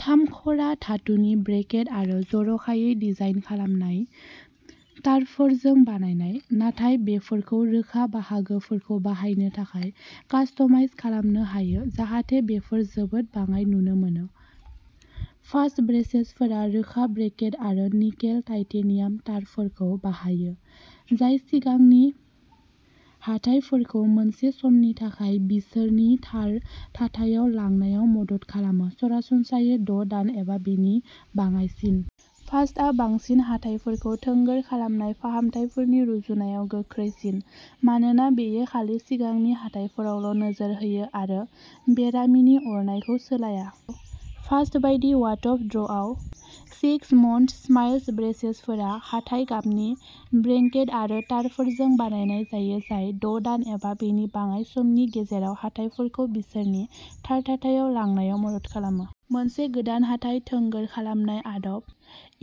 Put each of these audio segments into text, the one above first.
थामख'रा धातुनि ब्रेकेट आरो जर'खायै डिजाइन खालामनाय तारफोरजों बानायनाय, नाथाय बेफोरखौ रोखा बाहागोफोरखौ बाहायनो थाखाय कास्टमाइज खालामनो हायो, जाहाथे बेफोर जोबोद बाङाइ नुनो मोनो। फास्ट ब्रेसेसफोरा रोखा ब्रेकेट आरो निकेल-टाइटेनियाम तारफोरखौ बाहायो, जाय सिगांनि हाथायफोरखौ मोनसे समनि थाखाय बिसोरनि थार थाथायाव लांनायाव मदद खालामो सरासनस्रायै द' दान एबा बेनि बाङाइसिन। फास्टआ बांसिन हाथायफोरखौ थोंगोर खालामनाय फाहामथायफोरनि रुजुनायाव गोख्रैसिन मानोना बेयो खालि सिगांनि हाथायफोरावल'नोजोर होयो आरो बेरामिनि अरनायखौ सोलाया। फास्ट बायदि, अवाटफ'र्डआव सिक्स मन्थ स्माइल्स ब्रेसेसफोरा हाथाय गाबनि ब्रेकेट आरो तारफोरजों बानायनाय जायो, जाय द' दान एबा बेनि बाङाइ समनि गेजेराव हाथायफोरखौ बिसोरनि थार थाथायाव लांनायाव मदद खालामो। मोनसे गोदान हाथाय थोंगोर खालामनाय आदब,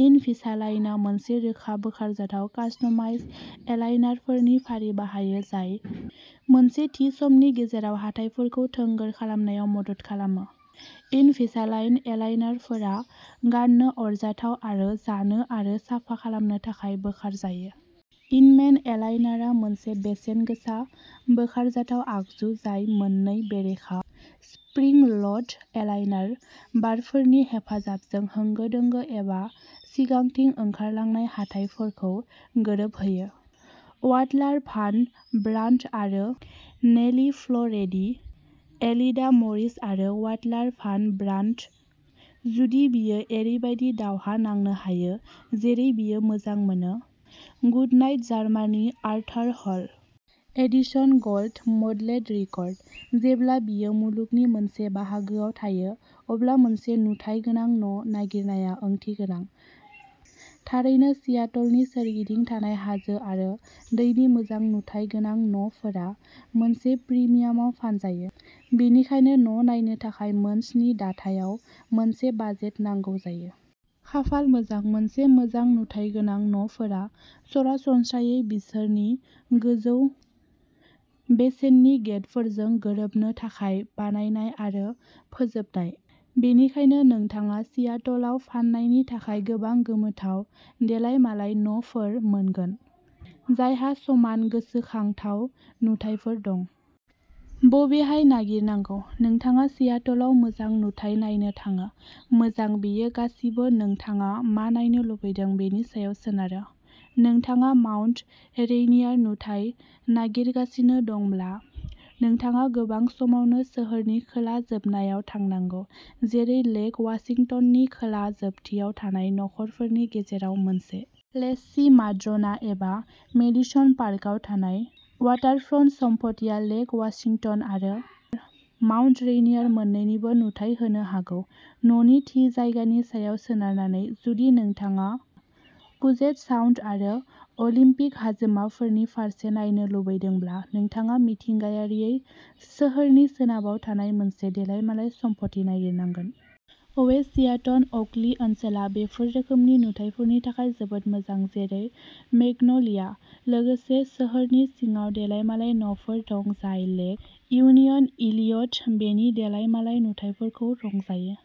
इनभिसालाइनआ मोनसे रोखा, बोखारजाथाव, कास्टमाइज्ड एलाइनारफोरनि फारि बाहायो, जाय मोनसे थि समनि गेजेराव हाथायफोरखौ थोंगोर खालामनायाव मदद खालामो। इनभिसालाइन एलाइनारफोरा गाननो आरजाथाव आरो जानो आरो साफा खालामनो थाखाय बोखारजायो। इनमेन एलाइनारआ मोनसे बेसेन-गोसा। बोखारजाथाव आगजु जाय मोननै बेरेखा स्प्रिं-ल'ड एलाइनार बारफोरनि हेफाजाबजों होंगो-दोंगो एबा सिगांथिं ओंखारलांनाय हाथायफोरखौ गोरोबहोयो। अवाल्टार भान ब्रान्ट आरो नेलि फ्ल'रेडे। एलिडा मरिस आरो वाल्टार भान ब्रान्ट। जुदि बियो ओरैबायदि दावहा नांनो हायो जेरै बियो मोजां मोनो, goodnight Germany Arthur Hall. Edison gold moulded record. जेब्ला बियो मुलुगनि मोनसे बाहागोआव थायो, अब्ला मोनसे नुथाय गोनां न' नागिरनाया ओंथिगोनां। थारैनो, सियाटलनि सोरगिदिं थानाय हाजो आरो दैनि मोजां नुथाय गोनां न'फोरा मोनसे प्रिमियामाव फानजायो, बेनिखायनो न' नायनो थाखाय मोन स्नि दाथायाव मोनसे बाजेट नांगौ जायो। खाफाल मोजां, मोनसे मोजां नुथाय गोनां न'फोरा सरासनस्रायै बिसोरनि गोजौ बेसेननि गेटफोरजों गोरोबनो थाखाय बानायनाय आरो फोजोबनाय, बेनिखायनो नोंथाङा सियाटलआव फाननायनि थाखाय गोबां गोमोथाव देलाय मालाय न'फोर मोनगोन जायहा समान गोसोखांथाव नुथायफोर दं। बबेहाय नागिरनांगौ? नोंथाङा सियाटलाव मोजां नुथाय नायनो थाङो? मोजां, बेयो गासिबो नोंथाङा मा नायनो लुबैदों बेनि सायाव सोनारो। नोंथाङा माउन्ट रेइनियार नुथाय नागिरगासिनो दंब्ला, नोंथाङा गोबां समावनो सोहोरनि खोला जोबनायाव थानांगौ, जेरै लेक अवाशिंटननि खोला जोबथियाव थानाय न'खरफोरनि गेजेराव मोनसे। लेसचि, माद्र'ना, एबा मेडिसन पार्कआव थानाय अवाटारफ्रन्ट सम्पथिया लेक अवाशिंटन आरो माउन्ट रेइनियार मोननैनिबो नुथाय होनो हागौ, न'नि थि जायगानि सायाव सोनारनानै। जुदि नोंथाङा पुजेट साउन्ड आरो अलिम्पिक हाजोमाफोरनि फारसे नायनो लुबैदोंब्ला, नोंथाङा मिथिंगायारियै सोहोरनि सोनाबाव थानाय मोनसे देलाय मालाय सम्पथि नागिरनांगोन। अवेस्ट सियाटल अल्कि ओनसोला बेफोर रोखोमनि नुथायफोरनि थाखाय जोबोद मोजां, जेरै मेग्न'लिया। लोगोसे, सोहोरनि सिङाव देलायमालाय न'फोर दं जाय लेक इउनियन इलियट बेनि देलाय मालाय नुथायफोरखौ रंजायो।